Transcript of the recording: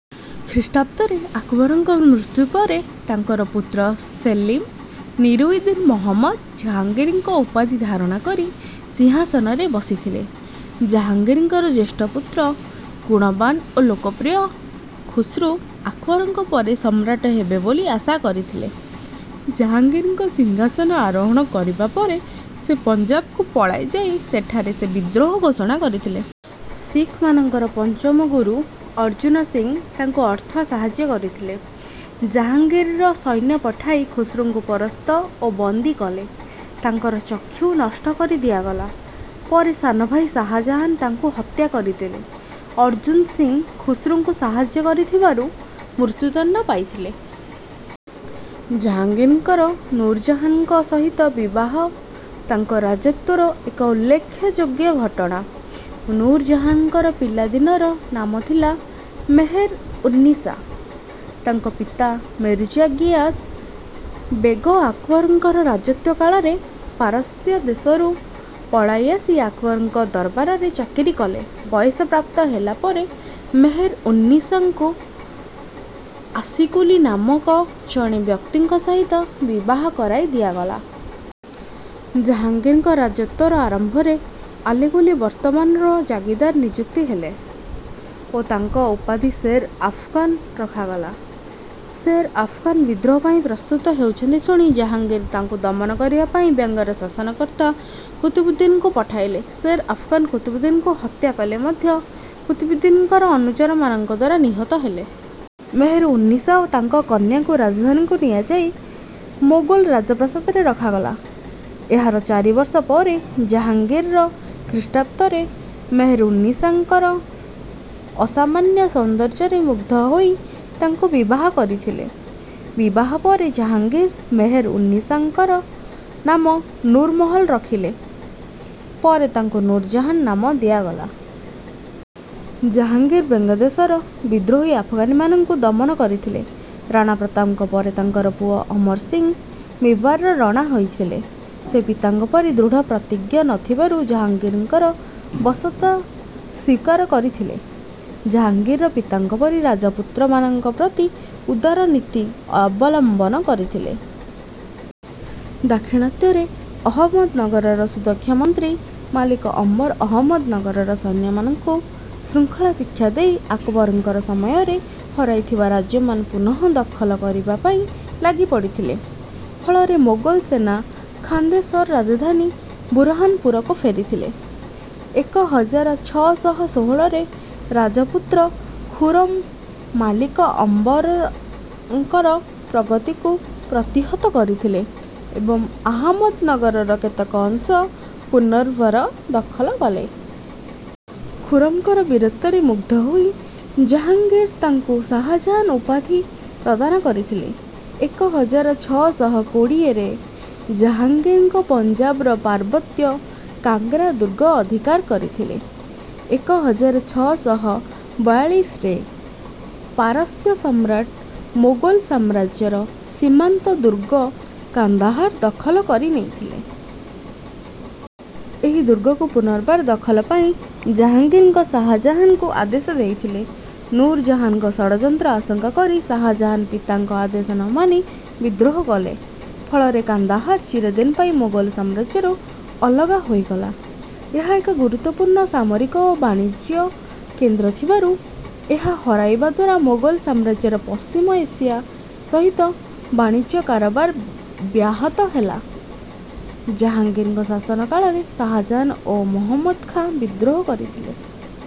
ଖ୍ରୀଷ୍ଟାବ୍ଦରେ ଆକବରଙ୍କର ମୃତ୍ୟୁ ପରେ ତାଙ୍କର ପୁତ୍ର ସେଲିମ ନୁରଉଦ୍ଦିନ ମହମ୍ମଦ ଜାହାଙ୍ଗୀର ଉପାଧି ଧାରଣ କରି ସିଂହାସନରେ ବସିଥିଲେ। ଜାହାଙ୍ଗୀରଙ୍କର ଜ୍ୟେଷ୍ଠ ପୁତ୍ର ଗୁଣବାନ ଓ ଲୋକପ୍ରିୟ ଖୁସ୍ରୁ ଆକବରଙ୍କ ପରେ ସମ୍ରାଟ ହେବେ ବୋଲି ଆଶା କରିଥିଲେ। ଜାହାଙ୍ଗୀର ସିଂହାସନ ଆରୋହଣ କରିବା ପରେ ସେ ପଞ୍ଜାବକୁ ପଳାଇ ଯାଇ ସେଠାରେ ସେ ବିଦ୍ରୋହ ଘୋଷଣା କରିଥିଲେ। ଶିଖମାନଙ୍କର ପଞ୍ଚମ ଗୁରୁ ଅର୍ଜୁନ ସିଂହ ତାଙ୍କୁ ଅର୍ଥ ସାହାଯ୍ୟ କରିଥିଲେ। ଜାହାଙ୍ଗୀର ସୈନ୍ୟ ପଠାଇ ଖୁସ୍ରୁଙ୍କୁ ପରାସ୍ତ ଓ ବନ୍ଦୀ କଲେ। ତାଙ୍କର ଚକ୍ଷୁ ନଷ୍ଟ କରି ଦିଆଗଲା। ପରେ ସାନଭାଇ ଶାହାଜାହାନ ତାଙ୍କୁ ହତ୍ୟା କରିଥିଲେ। ଅର୍ଜୁନ ସିଂହ ଖୁସ୍ରୁଙ୍କୁ ସାହାଯ୍ୟ କରିଥିବାରୁ ମୃତ୍ୟୁଦଣ୍ଡ ପାଇଥିଲେ। ଜାହାଙ୍ଗୀରଙ୍କର ନୂରଜାହାନଙ୍କ ସହିତ ବିବାହ ତାଙ୍କ ରାଜତ୍ୱର ଏକ ଉଲ୍ଲେଖଯୋଗ୍ୟ ଘଟଣା। ନୂରଜାହାନଙ୍କର ପିଲାଦିନର ନାମ ଥିଲା ମେହେର-ଉନ୍ନିସା। ତାଙ୍କ ପିତା ମିର୍ଜା ଗିୟାସ ବେଗ ଆକବରଙ୍କ ରାଜତ୍ୱ କାଳରେ ପାରସ୍ୟ ଦେଶରୁ ପଳାଇ ଆସି ଆକବରଙ୍କ ଦରବାରରେ ଚାକିରି କଲେ। ବୟଃପ୍ରାପ୍ତ ହେଲା ପରେ ମେହେର-ଉନ୍ନିସାଙ୍କୁ ଆଲିକୁଲି ନାମକ ଜଣେ ବ୍ୟକ୍ତିଙ୍କ ସହିତ ବିବାହ କରାଇ ଦିଆଗଲା। ଜାହାଙ୍ଗୀରଙ୍କ ରାଜତ୍ୱର ଆରମ୍ଭରେ ଆଲିକୁଲି ବର୍ଦ୍ଧମାନର ଜାଗିରଦାର ନିଯୁକ୍ତ ହେଲେ ଓ ତାଙ୍କର ଉପାଧି ଶେର ଆଫଗାନ ରଖାଗଲା। ଶେର ଆଫଗାନ ବିଦ୍ରୋହ ପାଇଁ ପ୍ରସ୍ତୁତ ହେଉଛନ୍ତି ଶୁଣି ଜାହାଙ୍ଗୀର ତାଙ୍କୁ ଦମନ କରିବା ପାଇଁ ବଙ୍ଗର ଶାସନକର୍ତ୍ତା କୁତବୁଦ୍ଦିନଙ୍କୁ ପଠାଇଲେ। ଶେର ଆଫଗାନ କୁତବୁଦ୍ଦିନଙ୍କୁ ହତ୍ୟା କଲେ ମଧ୍ୟ କୁତବୁଦ୍ଦିନଙ୍କର ଅନୁଚରମାନଙ୍କ ଦ୍ୱାରା ନିହତ ହେଲେ। ମେହେର-ଉନ୍ନିସା ଓ ତାଙ୍କ କନ୍ୟାଙ୍କୁ ରାଜଧାନୀକୁ ନିଆଯାଇ ମୋଗଲ ରାଜପ୍ରାସାଦରେ ରଖାଗଲା। ଏହାର ଚାରି ବର୍ଷ ପରେ ଜାହାଙ୍ଗୀର ଖ୍ରୀଷ୍ଟାବ୍ଦରେ ମେହେର-ଉନ୍ନିସାଙ୍କର ଅସାମାନ୍ୟ ସୌନ୍ଦର୍ଯ୍ୟରେ ମୁଗ୍ଧ ହୋଇ ତାଙ୍କୁ ବିବାହ କରିଥିଲେ। ବିବାହ ପରେ ଜାହାଙ୍ଗୀର ମେହେର-ଉନ୍ନିସାଙ୍କ ନାମ ନୁରମହଲ ରଖିଲେ। ପରେ ତାଙ୍କୁ ନୂରଜାହାନ ନାମ ଦିଆଗଲା। ଜାହାଙ୍ଗୀର ବଙ୍ଗଦେଶର ବିଦ୍ରୋହୀ ଆଫଗାନମାନଙ୍କୁ ଦମନ କରିଥିଲେ। ରାଣା ପ୍ରତାପଙ୍କ ପରେ ତାଙ୍କର ପୁତ୍ର ଅମର ସିଂହ ମିବାରର ରାଣା ହୋଇଥିଲେ। ସେ ପିତାଙ୍କ ପରି ଦୃଢ଼ପ୍ରତିଜ୍ଞ ନ ଥିବାରୁ ଜାହାଙ୍ଗୀରଙ୍କର ବଶତା ସ୍ୱୀକାର କରିଥିଲେ। ଜାହାଙ୍ଗୀର ପିତାଙ୍କ ପରି ରାଜପୁତମାନଙ୍କ ପ୍ରତି ଉଦାର ନୀତି ଅବଲମ୍ବନ କରିଥିଲେ। ଦାକ୍ଷିଣାତ୍ୟରେ ଆହମ୍ମଦନଗରର ସୁଦକ୍ଷ ମନ୍ତ୍ରୀ ମାଲିକ ଅମ୍ବର ଆହମ୍ମଦନଗରର ସୈନ୍ୟମାନଙ୍କୁ ଶୃଙ୍ଖଳା ଶିକ୍ଷା ଦେଇ ଆକବରଙ୍କ ସମୟରେ ହରାଇଥିବା ରାଜ୍ୟମାନ ପୁନଃଦଖଲ କରିବା ପାଇଁ ଲାଗିପଡ଼ିଥିଲେ। ଫଳରେ ମୋଗଲ ସେନା ଖାନ୍ଦେଶର ରାଜଧାନୀ ବୁରହାନପୁରକୁ ଫେରିଗଲେ। ଏକ ହଜାର ଛଅ ଶହ ଷୋହଳରେ ରାଜପୁତ୍ର ଖୁରମ ମାଲିକ ଅମ୍ବରଙ୍କର ଅଗ୍ରଗତିକୁ ପ୍ରତିହତ କରିଥିଲେ ଏବଂ ଆହମ୍ମଦନଗରର କେତେକ ଅଂଶ ପୁନର୍ବାର ଦଖଲ କଲେ। ଖୁରମଙ୍କର ବୀରତ୍ୱରେ ମୁଗ୍ଧ ହୋଇ ଜାହାଙ୍ଗୀର ତାଙ୍କୁ ଶାହାଜାହାନ ଉପାଧି ପ୍ରଦାନ କରିଥିଲେ। ଏକ ହଜାର ଛଅ ଶହ କୋଡ଼ିଏରେ ଜାହାଙ୍ଗୀର ପଞ୍ଜାବର ପାର୍ବତ୍ୟ କାଙ୍ଗ୍ରା ଦୁର୍ଗ ଅଧିକାର କରିଥିଲେ। ଏକ ହଜାର ଛଅ ଶହ ବାୟାଳିଶରେ ପାରସ୍ୟ ସମ୍ରାଟ ମୋଗଲ ସାମ୍ରାଜ୍ୟର ସୀମାନ୍ତ ଦୁର୍ଗ କାନ୍ଦାହାର ଦଖଲ କରିନେଇଥିଲେ। ଏହି ଦୁର୍ଗକୁ ପୁନର୍ବାର ଦଖଲ ପାଇଁ ଜାହାଙ୍ଗୀର ଶାହାଜାହାନଙ୍କୁ ଆଦେଶ ଦେଇଥିଲେ। ନୂରଜାହାନଙ୍କ ଷଡ଼ଯନ୍ତ୍ର ଆଶଙ୍କା କରି ଶାହାଜାହାନ ପିତାଙ୍କ ଆଦେଶ ନ ମାନି ବିଦ୍ରୋହ କଲେ। ଫଳରେ କାନ୍ଦାହାର ଚିରଦିନ ପାଇଁ ମୋଗଲ ସାମ୍ରାଜ୍ୟରୁ ଅଲଗା ହୋଇଗଲା। ଏହା ଏକ ଗୁରୁତ୍ୱପୂର୍ଣ୍ଣ ସାମରିକ ଓ ବାଣିଜ୍ୟ କେନ୍ଦ୍ର ଥିବାରୁ ଏହା ହରାଇବା ଦ୍ୱାରା ମୋଗଲ ସାମ୍ରାଜ୍ୟର ପଶ୍ଚିମ ଏସିଆ ସହିତ ବାଣିଜ୍ୟ କାରବାର ବ୍ୟାହତ ହେଲା। ଜାହାଙ୍ଗୀରଙ୍କ ଶାସନ କାଳରେ ଶାହାଜାହାନ ଓ ମହବତ ଖାଁ ବିଦ୍ରୋହ କରିଥିଲେ।